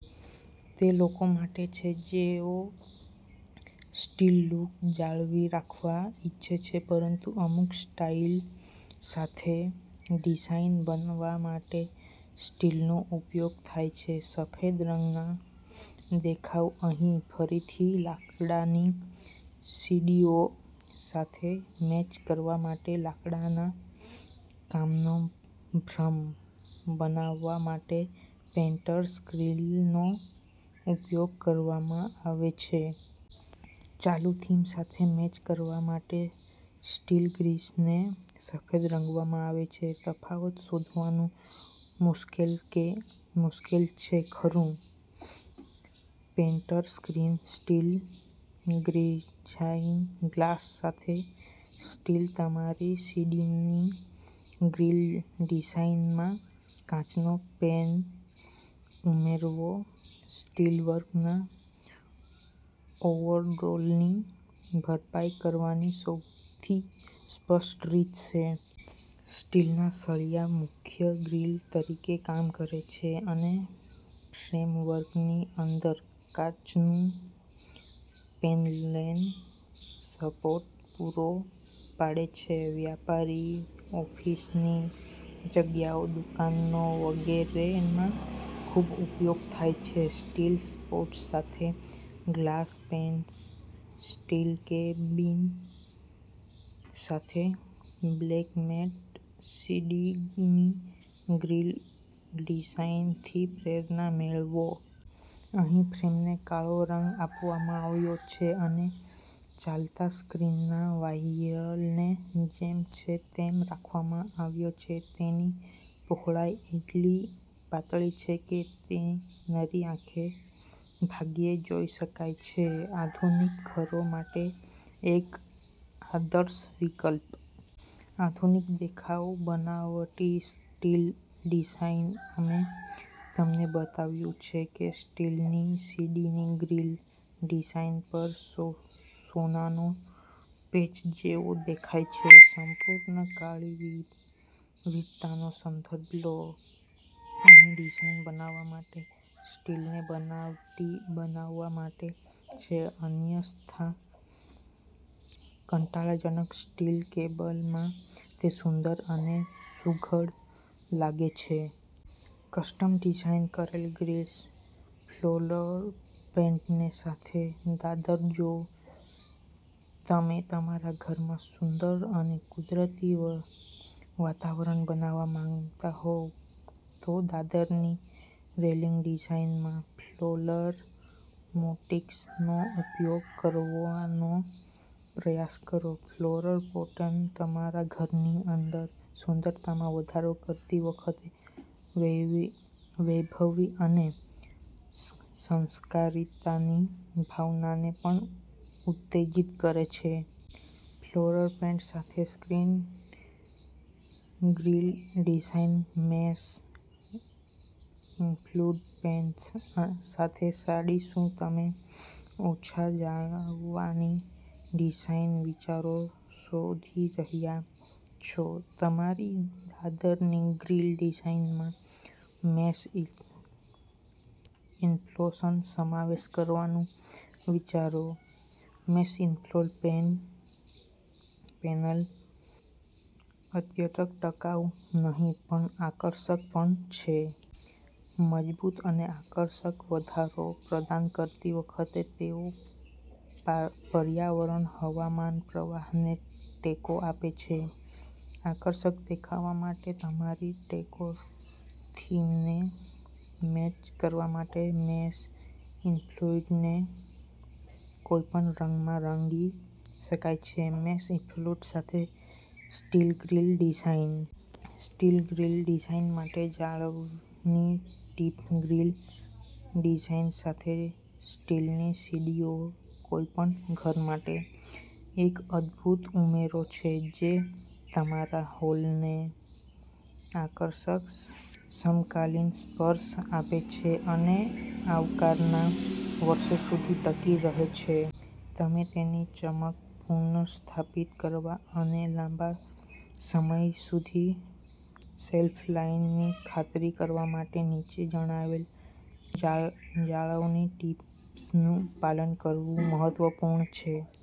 તે લોકો માટે છે જેઓ સ્ટીલ લુક જાળવી રાખવા ઈચ્છે છે પરંતુ અમુક સ્ટાઈલ સાથે. ડિઝાઇન બનાવવા માટે સ્ટીલનો ઉપયોગ થાય છે. સફેદ રંગના દેખાવ અહીં ફરીથી લાકડાની સીડીઓ સાથે મેચ કરવા માટે લાકડાના કામનો ભ્રમ બનાવવા માટે પેઇન્ટેડ સ્ટીલનો ઉપયોગ કરવામાં આવે છે. ચાલુ થીમ સાથે મેચ કરવા માટે સ્ટીલ ગ્રિલ્સને સફેદ રંગવામાં આવે છે. તફાવત શોધવાનું મુશ્કેલ છે ખરું? Painted steel grill design glass સાથે સ્ટીલ તમારી સીડીની ગ્રીલ ડિઝાઇનમાં કાચની પેનલ ઉમેરવી સ્ટીલવર્કના ઓવરડોઝની ભરપાઈ કરવાની સૌથી સ્માર્ટ રીત છે. સ્ટીલના સળિયા મુખ્ય ગ્રીલ તરીકે કામ કરે છે અને ફ્રેમવર્કની અંદર કાચની પેનલોને સપોર્ટ પૂરો પાડે છે. વ્યાપારી, ઓફિસની જગ્યાઓ, દુકાનો વગેરેમાં ખૂબ ઉપયોગ થાય છે. સ્ટીલ સપોર્ટ સાથે ગ્લાસ પેનલ્સ, સ્ટીલ કેબલ્સ સાથે બ્લેક મેટલ સીડીની ગ્રીલ ડિઝાઇનથી પ્રેરણા મેળવો. અહીં ફ્રેમને કાળો રંગ આપવામાં આવ્યો છે અને ચાલતા સ્ટીલના વાયરને જેમ છે તેમ રાખવામાં આવ્યા છે. તેમની પહોળાઈ એટલી પાતળી છે કે તે નરી આંખે ભાગ્યે જોઈ શકાય છે. આધુનિક ઘરો માટે એક આદર્શ વિકલ્પ. આધુનિક દેખાવ બનાવટી સ્ટીલ ડિઝાઇન અમે તમને બતાવ્યું છે કે સ્ટીલની સીડીની ગ્રીલ ડિઝાઇન પર સોનાનો પેચ કેવો દેખાય છે. સંપૂર્ણ કાળી વિવિધતાનો સંદર્ભ લો. અહીં ડિઝાઇન બનાવવા માટે સ્ટીલને બનાવટી બનાવવામાં આવે છે અન્યથા કંટાળાજનક સ્ટીલ કેબલમાં તે સુંદર અને સુઘડ લાગે છે. કસ્ટમ ડિઝાઇન કરેલ ગ્રિલ્સ ફ્લોરલ પેટર્ન સાથે દાદર જો તમે તમારા ઘરમાં સુખદ અને કુદરતી વાતાવરણ બનાવવા માંગતા હો, તો દાદરની રેલિંગ ડિઝાઇનમાં ફ્લોરલ મોટિફ્સનો ઉપયોગ કરવાનો પ્રયાસ કરો. ફ્લોરલ પેટર્ન તમારા ઘરની એકંદર સુંદરતામાં વધારો કરતી વખતે વૈભવી અને સંસ્કારિતાની ભાવનાને પણ ઉત્તેજિત કરે છે. ફ્લોરલ પેટર્ન સાથે steel grill design, mesh infill panels સાથે સીડી, શું તમે ઓછા-જાળવણી ડિઝાઇન વિચારો શોધી રહ્યાં છો? તમારી દાદરની ગ્રીલ ડિઝાઇનમાં મેશ ઇન્ફિલ્સનો સમાવેશ કરવાનું વિચારો. મેશ ઇન્ફિલ પેનલ અત્યંત ટકાઉ નહીં પણ આકર્ષક પણ છે. મજબૂત અને અસરકારક અવરોધ પ્રદાન કરતી વખતે તેઓ પર્યાપ્ત હવાના પ્રવાહને ટેકો આપે છે. આકર્ષક દેખાવ માટે તમારી ડેકોર થીમને મેચ કરવા માટે મેશ ઇન્ફિલ્સને કોઈપણ રંગમાં રંગી શકાય છે. મેશ ઇન્ફિલ્સ સાથે steel grill design. Steel grill design માટે જાળવણી ટિપ્સ ગ્રીલ ડિઝાઇન સાથે સ્ટીલની સીડીઓ કોઈપણ ઘર માટે એક અદભૂત ઉમેરો છે જે તમારા હોલવેને આકર્ષક, સમકાલીન સ્પર્શ આપે છે અને આવનારા વર્ષો સુધી ટકી રહે છે. તેમની ચમક પુનઃસ્થાપિત કરવા અને લાંબા સમય સુધી શેલ્ફ લાઇફની ખાતરી કરવા માટે, નીચે જણાવેલી જાળવણી ટીપ્સનું પાલન કરવું મહત્વપૂર્ણ છે.